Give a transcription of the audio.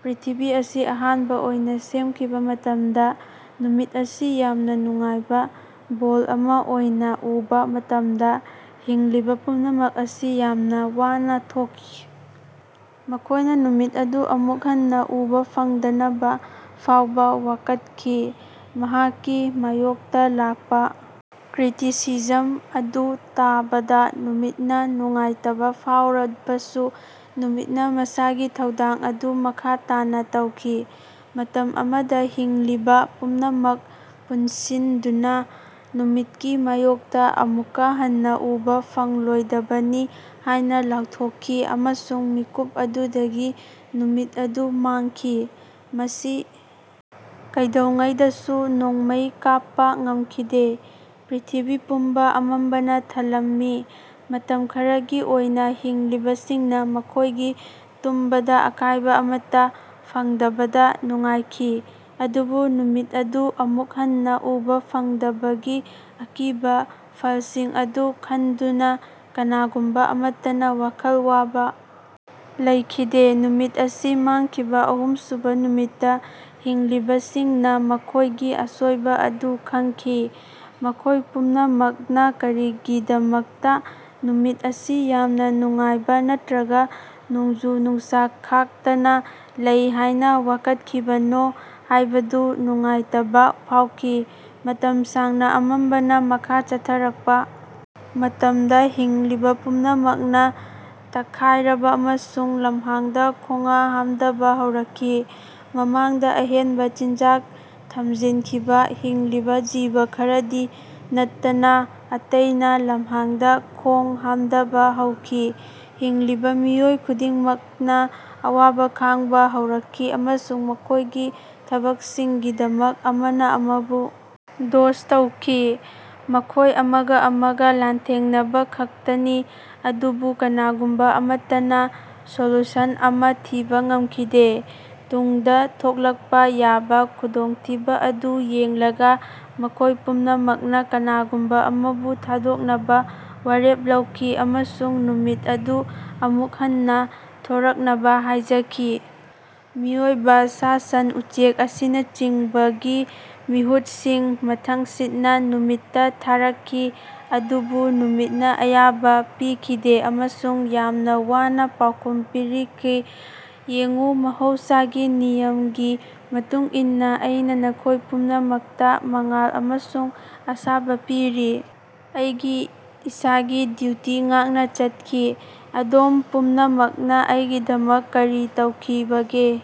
ꯄ꯭ꯔ꯭ꯤꯊꯤꯕꯤ ꯑꯁꯤ ꯑꯍꯥꯟꯕꯥ ꯑꯣꯏꯅꯥ ꯁꯦꯝꯈꯤꯕꯥ ꯃꯇꯝꯗ ꯅꯨꯃꯤꯠ ꯑꯁꯤ ꯌꯥꯝꯅꯥ ꯅꯨꯡꯉꯥꯏꯅꯥ ꯕꯣꯜ ꯑꯃꯥ ꯑꯣꯏꯅꯥ ꯎꯕꯥ ꯃꯇꯝꯗꯥ ꯍꯤꯡꯂꯤꯕꯥ ꯄꯨꯝꯅꯃꯛ ꯑꯁꯤ ꯌꯥꯝꯅꯥ ꯋꯥꯅꯥ ꯊꯣꯛꯈꯤ꯫ ꯃꯈꯣꯏꯅꯥ ꯅꯨꯃꯤꯠ ꯑꯗꯨ ꯑꯃꯨꯛ ꯍꯟꯅꯥ ꯎꯕꯥ ꯐꯪꯗꯅꯕꯥ ꯐꯥꯎꯕꯥ ꯋꯥꯀꯠꯈꯤ꯫ ꯃꯍꯥꯛꯀꯤ ꯃꯥꯌꯣꯛꯇꯥ ꯂꯥꯛꯄꯥ ꯀ꯭ꯔꯤꯇꯤꯁꯤꯖꯝ ꯑꯗꯨ ꯇꯥꯕꯗꯥ ꯅꯨꯃꯤꯠꯅꯥ ꯅꯨꯡꯉꯥꯏꯇꯕꯥ ꯐꯥꯎꯔꯕꯁꯨ ꯅꯨꯃꯤꯠꯅꯥ ꯃꯁꯥꯒꯤ ꯊꯧꯗꯥꯡ ꯑꯗꯨ ꯃꯈꯥ ꯇꯥꯅꯥ ꯇꯧꯈꯤ꯫ ꯃꯇꯝ ꯑꯃꯗꯥ ꯍꯤꯡꯂꯤꯕꯥ ꯄꯨꯝꯅꯃꯛ ꯄꯨꯟꯁꯤꯟꯗꯨꯅꯥ ꯅꯨꯃꯤꯠꯀꯤ ꯃꯥꯌꯣꯛꯇꯥ ꯑꯃꯨꯛꯀꯥ ꯍꯟꯅꯥ ꯎꯕꯥ ꯐꯪꯂꯣꯏꯗꯕꯅꯤ ꯍꯥꯏꯅꯥ ꯂꯥꯎꯊꯣꯛꯈꯤ ꯑꯃꯁꯨꯡ ꯃꯤꯀꯨꯞ ꯑꯗꯨꯗꯒꯤ ꯅꯨꯃꯤꯠ ꯑꯗꯨ ꯃꯥꯡꯈꯤ꯫ ꯃꯁꯤ ꯀꯩꯗꯧꯉꯩꯗꯁꯨ ꯅꯣꯡꯃꯩ ꯀꯥꯞꯄꯥ ꯉꯝꯈꯤꯗꯦ꯫ ꯄ꯭ꯔ꯭ꯤꯊꯤꯕꯤ ꯄꯨꯝꯕꯥ ꯑꯃꯝꯕꯅꯥ ꯊꯜꯂꯝꯃꯤ꯫ ꯃꯇꯝ ꯈꯔꯒꯤ ꯑꯣꯏꯅꯥ ꯍꯤꯡꯂꯤꯕꯁꯤꯡꯅꯥ ꯃꯈꯣꯏꯒꯤ ꯇꯨꯝꯕꯗꯥ ꯑꯀꯥꯏꯕꯥ ꯑꯃꯠꯇꯥ ꯐꯪꯗꯕꯗꯥ ꯅꯨꯡꯉꯥꯏꯈꯤ꯫ ꯑꯗꯨꯕꯨ ꯅꯨꯃꯤꯠ ꯑꯗꯨ ꯑꯃꯨꯛ ꯍꯟꯅꯥ ꯎꯕꯥ ꯐꯪꯗꯕꯒꯤ ꯑꯀꯤꯕꯥ ꯐꯜꯁꯤꯡ ꯑꯗꯨ ꯈꯟꯗꯨꯅꯥ ꯀꯅꯥꯒꯨꯝꯕꯥ ꯑꯃꯠꯇꯅꯥ ꯋꯥꯈꯜ ꯋꯥꯕꯥ ꯂꯩꯈꯤꯗꯦ꯫ ꯅꯨꯃꯤꯠ ꯑꯁꯤ ꯃꯥꯡꯈꯤꯕꯥ ꯑꯍꯨꯝꯁꯨꯕꯥ ꯅꯨꯃꯤꯠꯇꯥ ꯍꯤꯡꯂꯤꯕꯁꯤꯡꯅꯥ ꯃꯈꯣꯏꯒꯤ ꯑꯁꯣꯏꯕꯥ ꯑꯗꯨ ꯈꯪꯈꯤ꯫ ꯃꯈꯣꯏ ꯄꯨꯝꯅꯃꯛꯅꯥ ꯀꯔꯤꯒꯤꯗꯃꯛꯇꯥ ꯅꯨꯃꯤꯠ ꯑꯁꯤ ꯌꯥꯝꯅꯥ ꯅꯨꯡꯉꯥꯏꯕꯥ ꯅꯠꯇ꯭ꯔꯒꯥ ꯅꯣꯡꯖꯨ ꯅꯨꯡꯁꯥ ꯈꯥꯛꯇꯅꯥ ꯂꯩ ꯍꯥꯏꯅꯥ ꯋꯥꯀꯠꯈꯤꯕꯅꯣ ꯍꯥꯏꯕꯗꯨ ꯅꯨꯡꯉꯥꯏꯇꯕꯥ ꯐꯥꯎꯈꯤ꯫ ꯃꯇꯝ ꯁꯥꯡꯅꯥ ꯑꯃꯝꯕꯅꯥ ꯃꯈꯥ ꯆꯠꯊꯔꯛꯄꯥ ꯃꯇꯝꯗꯥ ꯍꯤꯡꯂꯤꯕꯥ ꯄꯨꯝꯅꯃꯛꯅꯥ ꯇꯛꯈꯥꯏꯔꯕꯥ ꯑꯃꯁꯨꯡ ꯂꯝꯍꯥꯡꯗꯥ ꯈꯣꯉ ꯍꯥꯝꯗꯕꯥ ꯍꯧꯔꯛꯈꯤ꯫ ꯃꯃꯥꯡꯗꯥ ꯑꯍꯦꯟꯕꯥ ꯆꯤꯟꯖꯥꯛ ꯊꯝꯖꯤꯟꯈꯤꯕꯥ ꯍꯤꯡꯂꯤꯕꯥ ꯖꯤꯕ ꯈꯔꯗꯤ ꯅꯠꯇꯅꯥ ꯑꯇꯩꯅꯥ ꯂꯝꯍꯥꯡꯗꯥ ꯈꯣꯡ ꯍꯥꯝꯗꯕꯥ ꯍꯧꯈꯤ꯫ ꯍꯤꯡꯂꯤꯕꯥ ꯃꯤꯑꯣꯏ ꯈꯨꯗꯤꯡꯃꯛꯅꯥ ꯑꯋꯥꯕꯥ ꯈꯥꯡꯕꯥ ꯍꯧꯔꯛꯈꯤ ꯑꯃꯁꯨꯡ ꯃꯈꯣꯏꯒꯤ ꯊꯕꯛꯁꯤꯡꯒꯤꯗꯃꯛ ꯑꯃꯅꯥ ꯑꯃꯕꯨ ꯗꯣꯁ ꯇꯧꯈꯤ꯫ ꯃꯈꯣꯏ ꯑꯃꯒꯥ ꯑꯃꯒꯥ ꯂꯥꯟꯊꯦꯡꯅꯕꯈꯛꯇꯅꯤ ꯑꯗꯨꯕꯨ ꯀꯅꯥꯒꯨꯝꯕꯥ ꯑꯃꯠꯇꯅꯥ ꯁꯣꯂꯨꯁꯟ ꯑꯃꯥ ꯊꯤꯕꯥ ꯉꯝꯈꯤꯗꯦ꯫ ꯇꯨꯡꯗꯥ ꯊꯣꯛꯂꯛꯄꯥ ꯌꯥꯕꯥ ꯈꯨꯗꯣꯡꯊꯤꯕꯥ ꯑꯗꯨ ꯌꯦꯡꯂꯒꯥ ꯃꯈꯣꯏ ꯄꯨꯝꯅꯃꯛꯅꯥ ꯀꯅꯥꯒꯨꯝꯕꯥ ꯑꯃꯕꯨ ꯊꯥꯗꯣꯛꯅꯕꯥ ꯋꯥꯔꯦꯞ ꯂꯧꯈꯤ ꯑꯃꯁꯨꯡ ꯅꯨꯃꯤꯠ ꯑꯗꯨ ꯑꯃꯨꯛ ꯍꯟꯅꯥ ꯊꯣꯔꯛꯅꯕꯥ ꯍꯥꯏꯖꯈꯤ꯫ ꯃꯤꯑꯣꯏꯕꯥ ꯁꯥ ꯁꯟ ꯎꯆꯦꯛ ꯑꯁꯤꯅꯆꯤꯡꯕꯒꯤ ꯃꯤꯍꯨꯠꯁꯤꯡ ꯃꯊꯪꯁꯤꯠꯅꯥ ꯅꯨꯃꯤꯠꯇꯥ ꯊꯥꯔꯛꯈꯤ ꯑꯗꯨꯕꯨ ꯅꯨꯃꯤꯠꯅꯥ ꯑꯌꯥꯕꯥ ꯄꯤꯈꯤꯗꯦ ꯑꯃꯁꯨꯡ ꯌꯥꯝꯅꯥ ꯋꯥꯅꯥ ꯄꯥꯎꯈꯨꯝ ꯄꯤꯔꯛꯈꯤ ꯌꯦꯡꯎ ꯃꯍꯧꯁꯥꯒꯤ ꯅꯤꯌꯝꯒꯤ ꯃꯇꯨꯡ ꯏꯟꯅꯥ ꯑꯩꯅꯥ ꯅꯈꯣꯏ ꯄꯨꯝꯅꯃꯛꯇꯥ ꯃꯉꯥꯜ ꯑꯃꯁꯨꯡ ꯑꯁꯥꯕꯥ ꯄꯤꯔꯤ꯫ ꯑꯩꯒꯤ ꯏꯁꯥꯒꯤ ꯗ꯭ꯌꯨꯇꯤ ꯉꯥꯛꯅꯥ ꯆꯠꯈꯤ꯫ ꯑꯗꯣꯝ ꯄꯨꯝꯅꯃꯛꯅꯥ ꯑꯩꯒꯤꯗꯃꯛ ꯀꯔꯤ ꯇꯧꯈꯤꯕꯒꯦ?